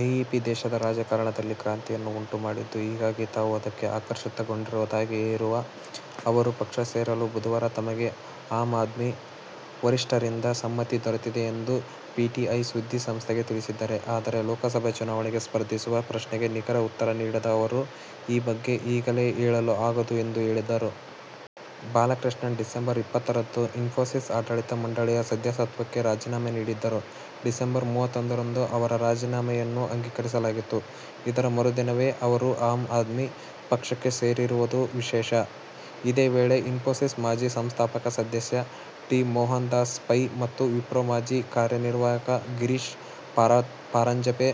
AAP ದೇಶದ ರಾಜಕಾರಣದಲ್ಲಿ ಕ್ರಾಂತಿಯನ್ನು ಉಂಟು ಮಾಡಿದ್ದು, ಹೀಗಾಗಿ ತಾವು ಅದಕ್ಕೆ ಆಕರ್ಷಿತಗೊಂಡಿರುವುದಾಗಿ ಹೇಳಿರುವ ಅವರು, ಪಕ್ಷ ಸೇರಲು ಬುಧವಾರ ತಮಗೆ ಆಮ್ ಆದ್ಮಿ ವರಿಷ್ಠರಿಂದ ಸಮ್ಮತಿ ದೊರೆತಿದೆ ಎಂದು ಪಿಟಿಐ ಸುದ್ದಿಸಂಸ್ಥೆಗೆ ತಿಳಿಸಿದ್ದಾರೆ. ಆದರೆ ಲೋಕಸಭೆ ಚುನಾವಣೆಗೆ ಸ್ಪರ್ಧಿಸುವ ಪ್ರಶ್ನೆಗೆ ನಿಖರ ಉತ್ತರ ನೀಡದ ಅವರು, ''ಈ ಬಗ್ಗೆ ಈಗಲೇ ಹೇಳಲು ಆಗದು'' ಎಂದು ಹೇಳಿದ್ದಾರೆ. ಬಾಲಕೃಷ್ಣನ್ ಡಿಸಂಬರ್ ಇಪ್ಪತ್ತರಂದು ಇನ್ಫೋಸಿಸ್ ಆಡಳಿತ ಮಂಡಳಿಯ ಸದಸ್ಯತ್ವಕ್ಕೆ ರಾಜೀನಾಮೆ ನೀಡಿದ್ದರು. ಡಿಸಂಬರ್ ಮೂವತ್ತೊಂದರಂದು ಅವರ ರಾಜೀನಾಮೆಯನ್ನು ಅಂಗೀಕರಿಸಲಾಗಿತ್ತು. ಇದರ ಮರುದಿನವೇ ಅವರು ಆಮ್ ಆದ್ಮಿ ಪಕ್ಷಕ್ಕೆ ಸೇರಿರುವುದು ವಿಶೇಷ. ಇದೇ ವೇಳೆ, ಇನ್ಫೋಸಿಸ್ ಮಾಜಿ ಸಂಸ್ಥಾಪಕ ಸದಸ್ಯ ಟಿ. ಮೋಹನದಾಸ ಪೈ ಮತ್ತು ವಿಪ್ರೋ ಮಾಜಿ ಕಾರ್ಯನಿರ್ವಾಹಕ ಗಿರೀಶ ಪರಾಂಜಪೆ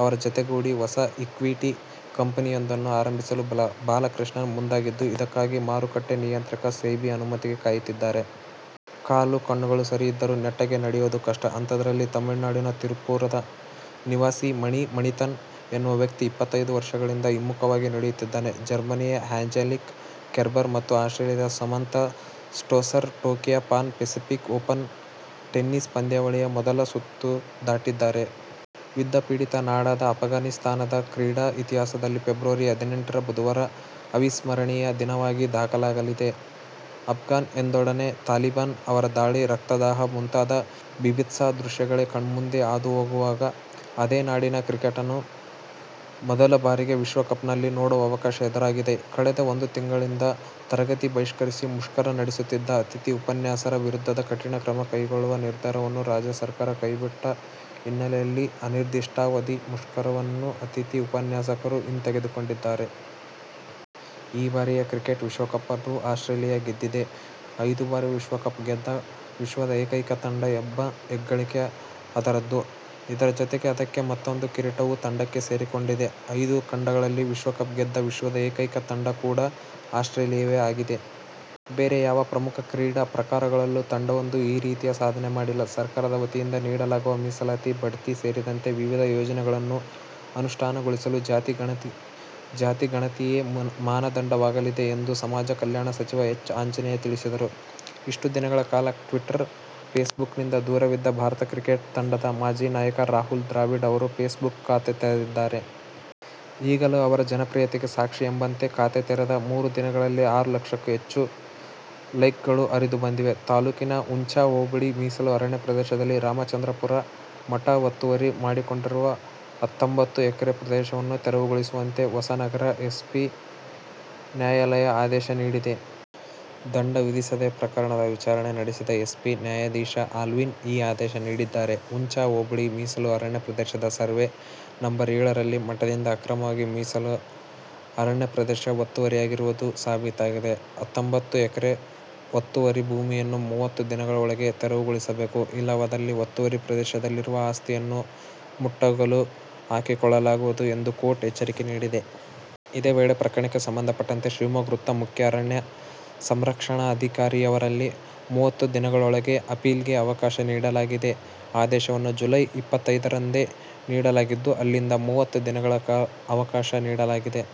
ಅವರ ಜತೆಗೂಡಿ ಹೊಸ ಈಕ್ವಿಟಿ ಕಂಪನಿಯೊಂದನ್ನು ಆರಂಭಿಸಲು ಬಾಲಕೃಷ್ಣನ್ ಮುಂದಾಗಿದ್ದು, ಇದಕ್ಕಾಗಿ ಮಾರುಕಟ್ಟೆ ನಿಯಂತ್ರಕ ಸೆಬಿ ಅನುಮತಿಗೆ ಕಾಯುತ್ತಿದ್ದಾರೆ. ಕಾಲು ಕಣ್ಣುಗಳು ಸರಿ ಇದ್ದರೂ ನೆಟ್ಟಗೆ ನಡೆಯೋದು ಕಷ್ಟ. ಅಂಥದ್ರಲ್ಲಿ ತಮಿಳುನಾಡಿನ ತಿರುಪುರದ ನಿವಾಸಿ ಮಣಿ ಮಣಿಥನ್ ಎನ್ನುವ ವ್ಯಕ್ತಿ ಇಪ್ಪತ್ತೈದು ವರ್ಷಗಳಿಂದ ಹಿಮ್ಮುಖವಾಗಿ ನಡೆಯುತ್ತಿದ್ದಾನೆ. ಜರ್ಮನಿಯ ಆ್ಯಂಜೆಲಿಕ್ ಕೆರ್ಬರ್ ಮತ್ತು ಆಸ್ಟ್ರೇಲಿಯದ Samantha Stosur "Tokyo Pan Pacific Open' tennis ಪಂದ್ಯಾವಳಿಯ ಮೊದಲ ಸುತ್ತು ದಾಟಿದ್ದಾರೆ. ಯುದ್ಧಪೀಡಿತ ನಾಡಾದ ಅಫ್ಘಾನಿಸ್ಥಾನದ ಕ್ರೀಡಾ ಇತಿಹಾಸದಲ್ಲಿ ಫೆಬ್ರವರಿ ಹದಿನೆಂಟರ ಬುಧವಾರ ಅವಿಸ್ಮರಣೀಯ ದಿನವಾಗಿ ದಾಖಲಾಗಲಿದೆ. ಅಫ್ಘಾನ್ ಎಂದೊಡನೆ ತಾಲಿಬಾನ್, ಅವರ ದಾಳಿ, ರಕ್ತದಾಹ ಮುಂತಾದ ಭೀಭತ್ಸ ದೃಶ್ಯಗಳೇ ಕಣ್ಮುಂದೆ ಹಾದು ಹೋಗುವಾಗ, ಅದೇ ನಾಡಿನ ಕ್ರಿಕೆಟನ್ನು ಮೊದಲ ಬಾರಿಗೆ ವಿಶ್ವಕಪ್ನಲ್ಲಿ ನೋಡುವ ಅವಕಾಶ ಎದುರಾಗಿದೆ. ಕಳೆದ ಒಂದು ತಿಂಗಳಿಂದ ತರಗತಿ ಬಹಿಷ್ಕರಿಸಿ ಮುಷ್ಕರ ನಡೆಸುತ್ತಿದ್ದ ಅತಿಥಿ ಉಪನ್ಯಾಸರ ವಿರುದ್ಧದ ಕಠಿಣ ಕ್ರಮ ಕೈಗೊಳ್ಳುವ ನಿರ್ಧಾರವನ್ನು ರಾಜ್ಯ ಸರ್ಕಾರ ಕೈ ಬಿಟ್ಟ ಹಿನ್ನೆಲೆಯಲ್ಲಿ ಅನಿರ್ದಿಷ್ಟಾವಧಿ ಮುಷ್ಕರವನ್ನು ಅತಿಥಿ ಉಪನ್ಯಾಸಕರು ಹಿಂತೆಗೆದುಕೊಂಡಿದ್ದಾರೆ. ಈ ಬಾರಿಯ ಕ್ರಿಕೆಟ್ ವಿಶ್ವಕಪ್ ಅನ್ನು ಆಸ್ಟ್ರೇಲಿಯ ಗೆದ್ದಿದೆ. ಐದು ಬಾರಿ ವಿಶ್ವಕಪ್ ಗೆದ್ದ ವಿಶ್ವದ ಏಕೈಕ ತಂಡ ಎಂಬ ಹೆಗ್ಗಳಿಕೆ ಅದರದ್ದು. ಇದರ ಜತೆಗೆ ಅದಕ್ಕೆ ಮತ್ತೂಂದು ಕಿರೀಟವೂ ತಂಡಕ್ಕೆ ಸೇರಿಕೊಂಡಿದೆ. ಐದು ಖಂಡಗಳಲ್ಲಿ ವಿಶ್ವಕಪ್ ಗೆದ್ದ ವಿಶ್ವದ ಏಕೈಕ ತಂಡ ಕೂಡ ಆಸ್ಟ್ರೇಲಿಯವೇ ಆಗಿದೆ. ಬೇರೆ ಯಾವ ಪ್ರಮುಖ ಕ್ರೀಡಾ ಪ್ರಕಾರಗಳಲ್ಲೂ ತಂಡವೊಂದು ಈ ರೀತಿಯ ಸಾಧನೆ ಮಾಡಿಲ್ಲ. ಸರ್ಕಾರದ ವತಿಯಿಂದ ನೀಡಲಾಗುವ ಮೀಸಲಾತಿ, ಬಡ್ತಿ ಸೇರಿದಂತೆ ವಿವಿಧ ಯೋಜನೆಗಳನ್ನು ಅನುಷ್ಠಾನಗೊಳಿಸಲು ಜಾತಿ ಗಣತಿಯೇ ಮಾನದಂಡ ವಾಗಲಿದೆ ಎಂದು ಸಮಾಜ ಕಲ್ಯಾಣ ಸಚಿವ ಎಚ್. ಆಂಜನೇಯ ತಿಳಿಸಿದರು. ಇಷ್ಟು ದಿನಗಳ ಕಾಲ ಟ್ವೀಟರ್, ಫೇಸ್ಬುಕ್ನಿಂದ ದೂರವಿದ್ದ ಭಾರತ ಕ್ರಿಕೆಟ್ ತಂಡದ ಮಾಜಿ ನಾಯಕ ರಾಹುಲ್ ದ್ರಾವಿಡ್ ಅವರು ಫೇಸ್ ಬುಕ್ ಖಾತೆ ತೆರೆದಿದ್ದಾರೆ. ಈಗಲೂ ಅವರ ಜನಪ್ರಿಯತೆಗೆ ಸಾಕ್ಷಿ ಎಂಬಂತೆ ಖಾತೆ ತೆರದ ಮೂರು ದಿನಗಳಲ್ಲೆ ಆರು ಲಕ್ಷಕ್ಕೂ ಹೆಚ್ಚು ಲೈಕ್ಗಳು ಹರಿದು ಬಂದಿವೆ. ತಾಲೂಕಿನ ಹುಂಚಾ ಹೋಬಳಿ ಮೀಸಲು ಅರಣ್ಯ ಪ್ರದೇಶದಲ್ಲಿ ರಾಮಚಂದ್ರಾಪುರ ಮಠ ಒತ್ತುವರಿ ಮಾಡಿಕೊಂಡಿರುವ ಹತ್ತೊಂಬತ್ತು ಎಕರೆ ಪ್ರದೇಶವನ್ನು ತೆರವುಗೊಳಿಸುವಂತೆ ಹೊಸನಗರ ಎಸಿಎಫ್ ನ್ಯಾಯಾಲಯ ಆದೇಶ ನೀಡಿದೆ. ದಂಡ ವಿಧಿಸಿದೆ. ಪ್ರಕರಣದ ವಿಚಾರಣೆ ನಡೆಸಿದ ಎಸಿಎಫ್ ನ್ಯಾಯಾಧೀಶ ಆಲ್ವಿನ್ ಈ ಆದೇಶ ನೀಡಿದ್ದಾರೆ. ಹುಂಚಾ ಹೋಬಳಿ ಮೀಸಲು ಅರಣ್ಯ ಪ್ರದೇಶದ ಸರ್ವೇ ನಂ.ಏಳರಲ್ಲಿ ಮಠದಿಂದ ಅಕ್ರಮವಾಗಿ ಮೀಸಲು ಅರಣ್ಯ ಪ್ರದೇಶ ಒತ್ತುವರಿಯಾಗಿರುವುದು ಸಾಬೀತಾಗಿದೆ. ಹತ್ತೊಂಬತ್ತು ಎಕರೆ ಒತ್ತುವರಿ ಭೂಮಿಯನ್ನು ಮೂವತ್ತು ದಿನಗಳೊಳಗೆ ತೆರವುಗೊಳಿಸಬೇಕು. ಇಲ್ಲವಾದಲ್ಲಿ ಒತ್ತುವರಿ ಪ್ರದೇಶದಲ್ಲಿರುವ ಆಸ್ತಿಯನ್ನು ಮುಟ್ಟುಗೋಲು ಹಾಕಿಕೊಳ್ಳಲಾಗುವುದು ಎಂದು ಕೋರ್ಟ್ ಎಚ್ಚರಿಕೆ ನೀಡಿದೆ. ಇದೇ ವೇಳೆ, ಪ್ರಕರಣಕ್ಕೆ ಸಂಬಂಧಪಟ್ಟಂತೆ ಶಿವಮೊಗ್ಗ ವೃತ್ತ ಮುಖ್ಯ ಅರಣ್ಯ ಸಂರಕ್ಷಣಾಧಿಕಾರಿಯವರಲ್ಲಿ ಮೂವತ್ತು ದಿನಗಳೊಳಗೆ ಅಪೀಲಿಗೆ ಅವಕಾಶ ನೀಡಲಾಗಿದೆ. ಆದೇಶವನ್ನು ಜುಲೈ ಇಪ್ಪತ್ತೈದರಂದೇ ನೀಡ ಲಾಗಿದ್ದು, ಅಲ್ಲಿಂದ ಮೂವತ್ತು ದಿನಗಳ ಅವಕಾಶ ನೀಡಲಾಗಿದೆ.